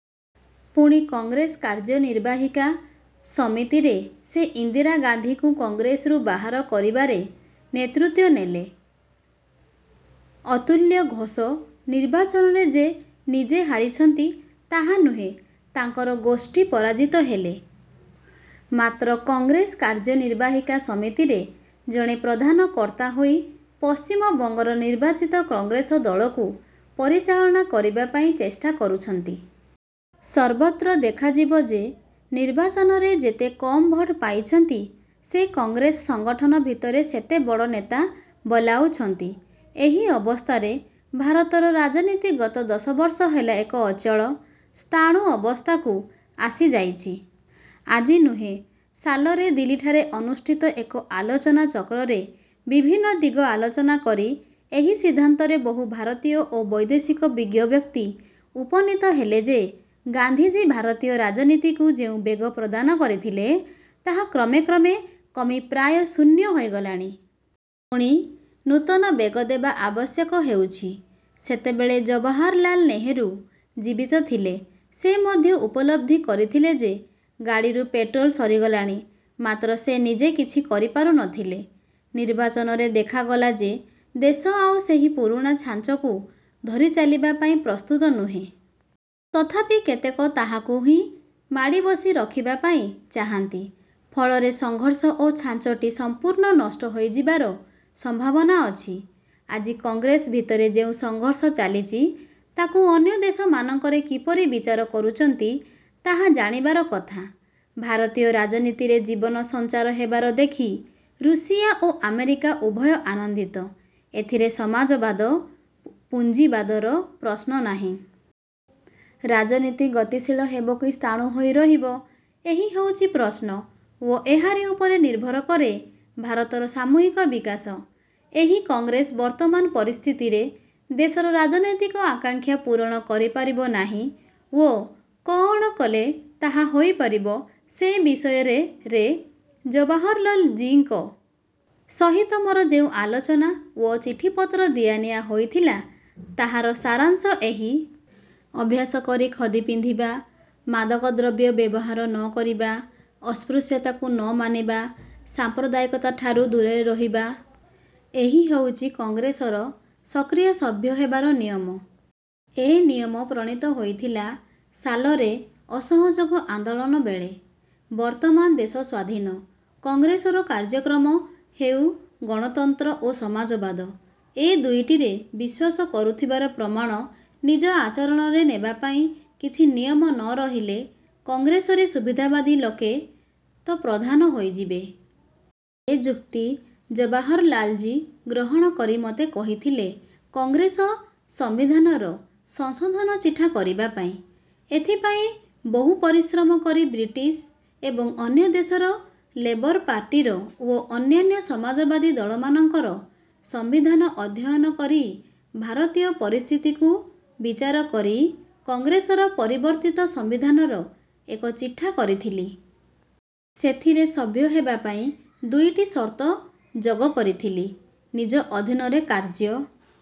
ପୁଣି କଂଗ୍ରେସ କାର୍ଯ୍ୟ ନିର୍ବାହିକା ସମିତିରେ ସେ ଇନ୍ଦିରା ଗାନ୍ଧିଙ୍କୁ କଂଗ୍ରେସରୁ ବାହାର କରିବାରେ ନେତୃତ୍ୱ ନେଲେ। ଅତୁଲ୍ୟ ଘୋଷ ନିର୍ବାଚନରେ ଯେ ନିଜେ ହାରିଛନ୍ତି ତାହା ନୁହେଁ, ତାଙ୍କର ଗୋଷ୍ଠୀ ପରାଜିତ ହେଲେ। ମାତ୍ର କଂଗ୍ରେସ କାର୍ଯ୍ୟ ନିର୍ବାହିକା ସମିତିରେ ଜଣେ ପ୍ରଧାନ କର୍ତ୍ତା ହୋଇ ପଶ୍ଚିମବଙ୍ଗର ନିର୍ବାଚିତ କଂଗ୍ରେସ ଦଳକୁ ପରିଚାଳନା କରିବା ପାଇଁ ଚେଷ୍ଟା କରୁଛନ୍ତି। ସର୍ବତ୍ର ଦେଖାଯିବ ଯେ ନିର୍ବାଚନରେ ଯେତେ କମ୍ ଭୋଟ ପାଇଛନ୍ତି, ସେ କଂଗ୍ରେସ ସଙ୍ଗଠନ ଭିତରେ ସେତେ ବଡ଼ ନେତା ବୋଲାଉଛନ୍ତି। ଏହି ଅବସ୍ଥାରେ ଭାରତର ରାଜନୀତି ଗତ ଦଶବର୍ଷ ହେଲା ଏକ ଅଚଳ, ସ୍ଥାଣୁ ଅବସ୍ଥାକୁ ଆସିଯାଇଛି। ଆଜି ନୁହେଁ ସାଲରେ ଦିଲ୍ଲୀଠାରେ ଅନୁଷ୍ଠିତ ଏକ ଆଲୋଚନା ଚକ୍ରରେ ବିଭିନ୍ନ ଦିଗ ଆଲୋଚନା କରି ଏହି ସିଦ୍ଧାନ୍ତରେ ବହୁ ଭାରତୀୟ ଓ ବୈଦେଶିକ ବିଜ୍ଞବ୍ୟକ୍ତି ଉପନୀତ ହେଲେ ଯେ ଗାନ୍ଧିଜୀ ଭାରତୀୟ ରାଜନୀତିକୁ ଯେଉଁ ବେଗ ପ୍ରଦାନ କରିଥିଲେ, ତାହା କ୍ରମେ କ୍ରମେ କମି ପ୍ରାୟ ଶୂନ୍ୟ ହୋଇଗଲାଣି। ପୁଣି। ନୂତନ ବେଗ ଦେବା ଆବଶ୍ୟକ ହେଉଛି। ସେତେବେଳେ ଜବାହରଲାଲ ନେହେରୁ ଜୀବିତ ଥିଲେ। ସେ ମଧ୍ୟ ଉପଲବ୍ଧି କରିଥିଲେ ଯେ ଗାଡ଼ିରୁ ପେଟ୍ରୋଲ ସରିଗଲାଣି; ମାତ୍ର ସେ ନିଜେ କିଛି କରିପାରୁ ନ ଥିଲେ। ନିର୍ବାଚନରେ ଦେଖାଗଲା ଯେ ଦେଶ ଆଉ ସେହି ପୁରୁଣା ଛାଞ୍ଚକୁ ଧରି ଚାଲିବା ପାଇଁ ପ୍ରସ୍ତୁତ ନୁହେଁ। ତଥାପି କେତେକ ତାହାକୁ ହିଁ ମାଡ଼ିବସି ରଖିବା ପାଇଁ ଚାହାନ୍ତି। ଫଳରେ ସଂଘର୍ଷ ଓ ଛାଞ୍ଚଟି ସଂପୂର୍ଣ୍ଣ ନଷ୍ଟ ହୋଇଯିବାର ସମ୍ଭାବନା ଅଛି। ଆଜି କଂଗ୍ରେସ ଭିତରେ ଯେଉଁ ସଂଘର୍ଷ ଚାଲିଛି ତାକୁ ଅନ୍ୟ ଦେଶମାନଙ୍କରେ କିପରି ବିଚାର କରୁଚନ୍ତି, ତାହା ଜାଣିବାର କଥା। ଭାରତୀୟ ରାଜନୀତିରେ ଜୀବନ ସଞ୍ଚାର ହେବାର ଦେଖି ରୁଷିଆ ଓ ଆମେରିକା ଉଭୟ ଆନନ୍ଦିତ; ଏଥିରେ ସମାଜବାଦ ପୁଞ୍ଜିବାଦର ପ୍ରଶ୍ନ ନାହଁ। ରାଜନୀତି ଗତିଶୀଳ ହେବ କି ସ୍ଥାଣୁ ହୋଇ ରହିବ ଏହି ହେଉଛି ପ୍ରଶ୍ନ ଓ ଏହାରି ଉପରେ ନିର୍ଭର କରେ ଭାରତର ସାମୂହିକ ବିକାଶ। ଏହି କଂଗ୍ରେସ ବର୍ତ୍ତମାନ ପରିସ୍ଥିତିରେ ଦେଶର ରାଜନୈତିକ ଆକାଙ୍କ୍ଷା ପୂରଣ କରି ପାରିବ ନାହିଁ ଓ କଅଣ କଲେ ତାହା ହୋଇପାରିବ ସେ ବିଷୟରେ ରେ ଜବାହରଲାଲଜୀଙ୍କ ସହିତ ମୋର ଯେଉଁ ଆଲୋଚନା ଓ ଚିଠିପତ୍ର ଦିଆନିଆ ହୋଇଥିଲା ତାହାର ସାରାଂଶ ଏହି- ଅଭ୍ୟାସ କରି ଖଦି ପିନ୍ଧିବା, ମାଦକ ଦ୍ରବ୍ୟ ବ୍ୟବହାର ନ କରିବା, ଅସ୍ପୃଶ୍ୟତାକୁ ନ ମାନିବା, ସାଂପ୍ରଦାୟିକତାଠାରୁ ଦୂରରେ ରହିବା, ଏହି ହେଉଛି କଂଗ୍ରେସର ସକ୍ରିୟ ସଭ୍ୟ ହେବାର ନିୟମ। ଏ ନିୟମ ପ୍ରଣୀତ ହୋଇଥିଲା ସାଲରେ ଅସହଯୋଗ ଆନ୍ଦୋଳନବେଳେ। ବର୍ତ୍ତମାନ ଦେଶ ସ୍ୱାଧୀନ। କଂଗ୍ରେସର କାର୍ଯ୍ୟକ୍ରମ ହେଉ ଗଣତନ୍ତ୍ର ଓ ସମାଜବାଦ। ଏ ଦୁଇଟିରେ ବିଶ୍ୱାସ କରୁଥିବାର ପ୍ରମାଣ ନିଜ ଆଚରଣରେ ନେବାପାଇଁ କିଛି ନିୟମ ନ ରହିଲେ କଂଗ୍ରେସରେ ସୁବିଧାବାଦୀ ଲୋକେ ତ ପ୍ରଧାନ ହୋଇଯିବେ। ଏ ଯୁକ୍ତି ଜବାହରଲାଲଜୀ ଗ୍ରହଣ କରି ମୋତେ କହିଥିଲେ କଂଗ୍ରେସ ସଂବିଧାନର ସଂଶୋଧନ ଚିଠା କରିବା ପାଇଁ। ଏଥିପାଇଁ ବହୁ ପରିଶ୍ରମ କରି ବ୍ରିଟିଶ ଏବଂ ଅନ୍ୟ ଦେଶର ଲେବର ପାର୍ଟିର ଓ ଅନ୍ୟାନ୍ୟ ସମାଜବାଦୀ ଦଳମାନଙ୍କର ସମ୍ବିଧାନ ଅଧ୍ୟୟନ କରି ଭାରତୀୟ ପରିସ୍ଥିତିକୁ ବିଚାର କରି କଂଗ୍ରେସର ପରିବର୍ତ୍ତିତ ସମ୍ବିଧାନର ଏକ ଚିଠା କରିଥିଲି। ସେଥିରେ ସଭ୍ୟ ହେବା ପାଇଁ ଦୁଇଟି ସର୍ତ୍ତ ଯୋଗ କରିଥିଲି। ନିଜ ଅଧୀନରେ କାର୍ଯ୍ୟ